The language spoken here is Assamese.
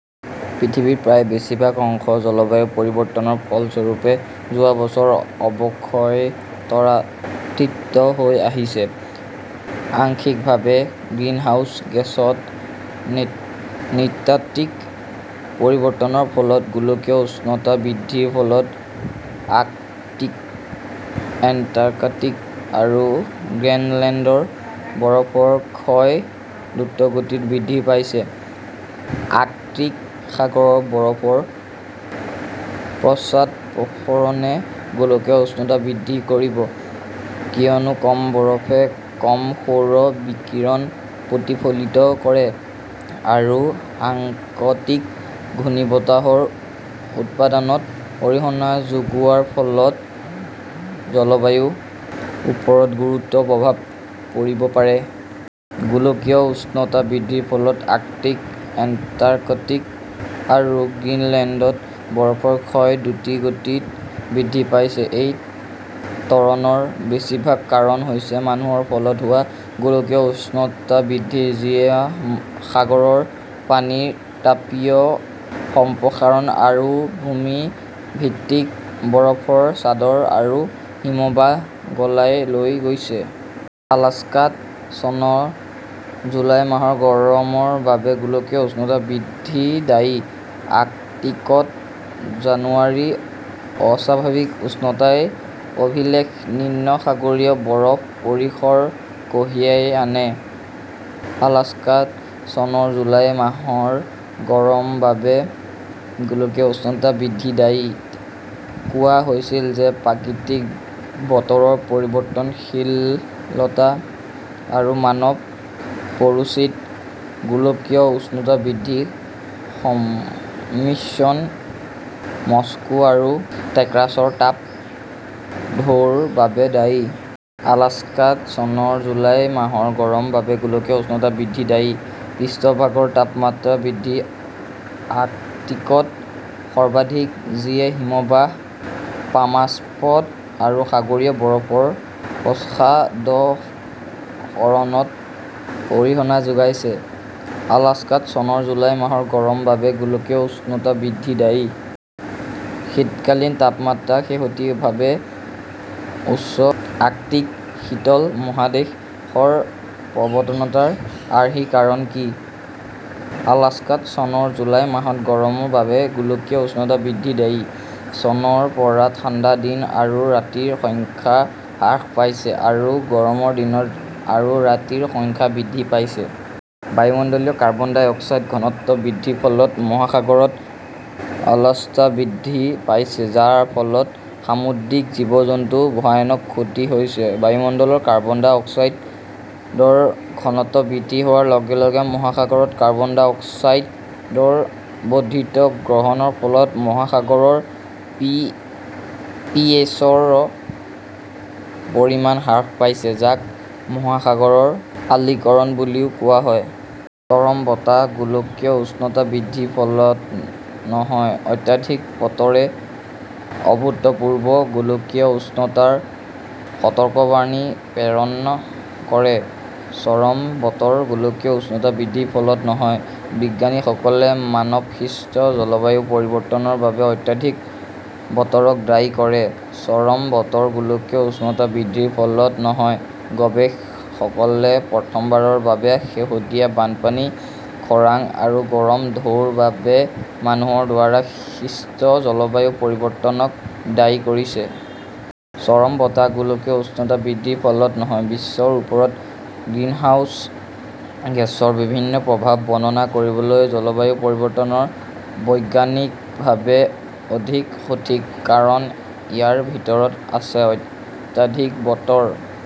পৃথিৱীৰ প্ৰায় বেছিভাগ অংশত, জলবায়ু পৰিৱৰ্তনৰ ফলস্বৰূপে যোৱা বছৰত অৱক্ষয় ত্বৰান্বিত হৈ আহিছে, আংশিকভাৱে গ্ৰীণহাউচ গেছত নৃতাত্ত্বিক পৰিৱৰ্তনৰ ফলত। গোলকীয় উষ্ণতা বৃদ্ধিৰ ফলত আৰ্কটিক, এণ্টাৰ্কটিক আৰু গ্ৰীণলেণ্ডত বৰফৰ ক্ষয় দ্ৰুতগতিত বৃদ্ধি পাইছে। আৰ্কটিক সাগৰৰ বৰফৰ পশ্চাদপসৰণে গোলকীয় উষ্ণতা বৃদ্ধি কৰিব, কিয়নো কম বৰফে কম সৌৰ বিকিৰণ প্ৰতিফলিত কৰে, আৰু আৰ্কটিক ঘূৰ্ণীবতাহৰ উৎপাদনত অৰিহণা যোগোৱাৰ ফলত জলবায়ুৰ ওপৰত গুৰুতৰ প্ৰভাৱ পৰিব পাৰে। গোলকীয় উষ্ণতা বৃদ্ধিৰ ফলত আৰ্কটিক, এণ্টাৰ্কটিক আৰু গ্ৰীণলেণ্ডত বৰফৰ ক্ষয় দ্ৰুতগতিত বৃদ্ধি পাইছে। এই ত্বৰণৰ বেছিভাগ কাৰণ হৈছে মানুহৰ ফলত হোৱা গোলকীয় উষ্ণতা বৃদ্ধি, যিয়ে সাগৰৰ পানীৰ তাপীয় সম্প্ৰসাৰণ আৰু ভূমি-ভিত্তিক বৰফৰ চাদৰ আৰু হিমবাহ গলাই লৈ গৈছে। আলাস্কাত চনৰ জুলাই মাহৰ গৰমৰ বাবে গোলকীয় উষ্ণতা বৃদ্ধি দায়ী। "আৰ্কটিকত জানুৱাৰীৰ অস্বাভাৱিক উষ্ণতাই অভিলেখ-নিম্ন সাগৰীয় বৰফৰ পৰিসৰ কঢ়িয়াই আনে। " আলাস্কাত চনৰ জুলাই মাহৰ গৰমৰ বাবে গোলকীয় উষ্ণতা বৃদ্ধি দায়ী। -ত কোৱা হৈছিল যে প্ৰাকৃতিক বতৰৰ পৰিৱৰ্তনশীলতা আৰু মানৱ-প্ৰৰোচিত গোলকীয় উষ্ণতা বৃদ্ধিৰ সংমিশ্ৰণ মস্কো আৰু টেক্সাছৰ তাপ ঢৌৰ বাবে দায়ী। আলাস্কাত চনৰ জুলাই মাহৰ গৰমৰ বাবে গোলকীয় উষ্ণতা বৃদ্ধি দায়ী। পৃষ্ঠভাগৰ তাপমাত্ৰা বৃদ্ধি আৰ্কটিকত সৰ্বাধিক, যিয়ে হিমবাহ, পাৰ্মাফ্ৰষ্ট আৰু সাগৰীয় বৰফৰ পশ্চাদপসৰণত অৰিহণা যোগাইছে। আলাস্কাত চনৰ জুলাই মাহৰ গৰমৰ বাবে গোলকীয় উষ্ণতা বৃদ্ধি দায়ী। "শীতকালীন তাপমাত্ৰাত শেহতীয়াভাৱে" "উষ্ণ আৰ্কটিক, শীতল মহাদেশ" "ৰ প্ৰৱণতাৰ আৰ্হিৰ কাৰণ কি? " আলাস্কাত চনৰ জুলাই মাহৰ গৰমৰ বাবে গোলকীয় উষ্ণতা বৃদ্ধি দায়ী। চনৰ পৰা ঠাণ্ডা দিন আৰু ৰাতিৰ সংখ্যা হ্ৰাস পাইছে, আৰু গৰম দিন আৰু ৰাতিৰ সংখ্যা বৃদ্ধি পাইছে। বায়ুমণ্ডলীয় কাৰ্বন ডাই অক্সাইডৰ ঘনত্ব বৃদ্ধিৰ ফলত মহাসাগৰত অম্লতা বৃদ্ধি পাইছে, যাৰ ফলত সামুদ্ৰিক জীৱ-জন্তুৰ ভয়ানক ক্ষতি হৈছে। বায়ুমণ্ডলত কাৰ্বন ডাই অক্সাইডৰ ঘনত্ব বৃদ্ধি হোৱাৰ লগে লগে, মহাসাগৰত কাৰ্বন ডাই অক্সাইডৰ বৰ্ধিত গ্ৰহণৰ ফলত মহাসাগৰৰ পিএইচ-ৰ পৰিমাণ হ্ৰাস পাইছে, যাক মহাসাগৰৰ অম্লীকৰণ বুলি কোৱা হয়। চৰম বতৰ গোলকীয় উষ্ণতা বৃদ্ধিৰ ফলত নহয় অত্যাধিক বতৰে অভূতপূৰ্ব গোলকীয় উষ্ণতাৰ সতৰ্কবাণী প্ৰেৰণ কৰে। চৰম বতৰ গোলকীয় উষ্ণতা বৃদ্ধিৰ ফলত নহয় বিজ্ঞানীসকলে মানৱসৃষ্ট জলবায়ু পৰিৱৰ্তনৰ বাবে অত্যাধিক বতৰক দায়ী কৰে। চৰম বতৰ গোলকীয় উষ্ণতা বৃদ্ধিৰ ফলত নহয় গৱেষকসকলে প্ৰথমবাৰৰ বাবে শেহতীয়া বানপানী, খৰাং আৰু গৰমৰ ঢৌৰ বাবে মানুহৰ দ্বাৰা সৃষ্ট জলবায়ু পৰিৱৰ্তনক দায়ী কৰিছে। চৰম বতৰ গোলকীয় উষ্ণতা বৃদ্ধিৰ ফলত নহয় বিশ্বৰ ওপৰত গ্ৰিনহাউস গেছৰ বিভিন্ন প্ৰভাৱ বৰ্ণনা কৰিবলৈ জলবায়ু পৰিৱৰ্তন বৈজ্ঞানিকভাৱে অধিক সঠিক কাৰণ ইয়াৰ ভিতৰত আছে অত্যাধিক বতৰ,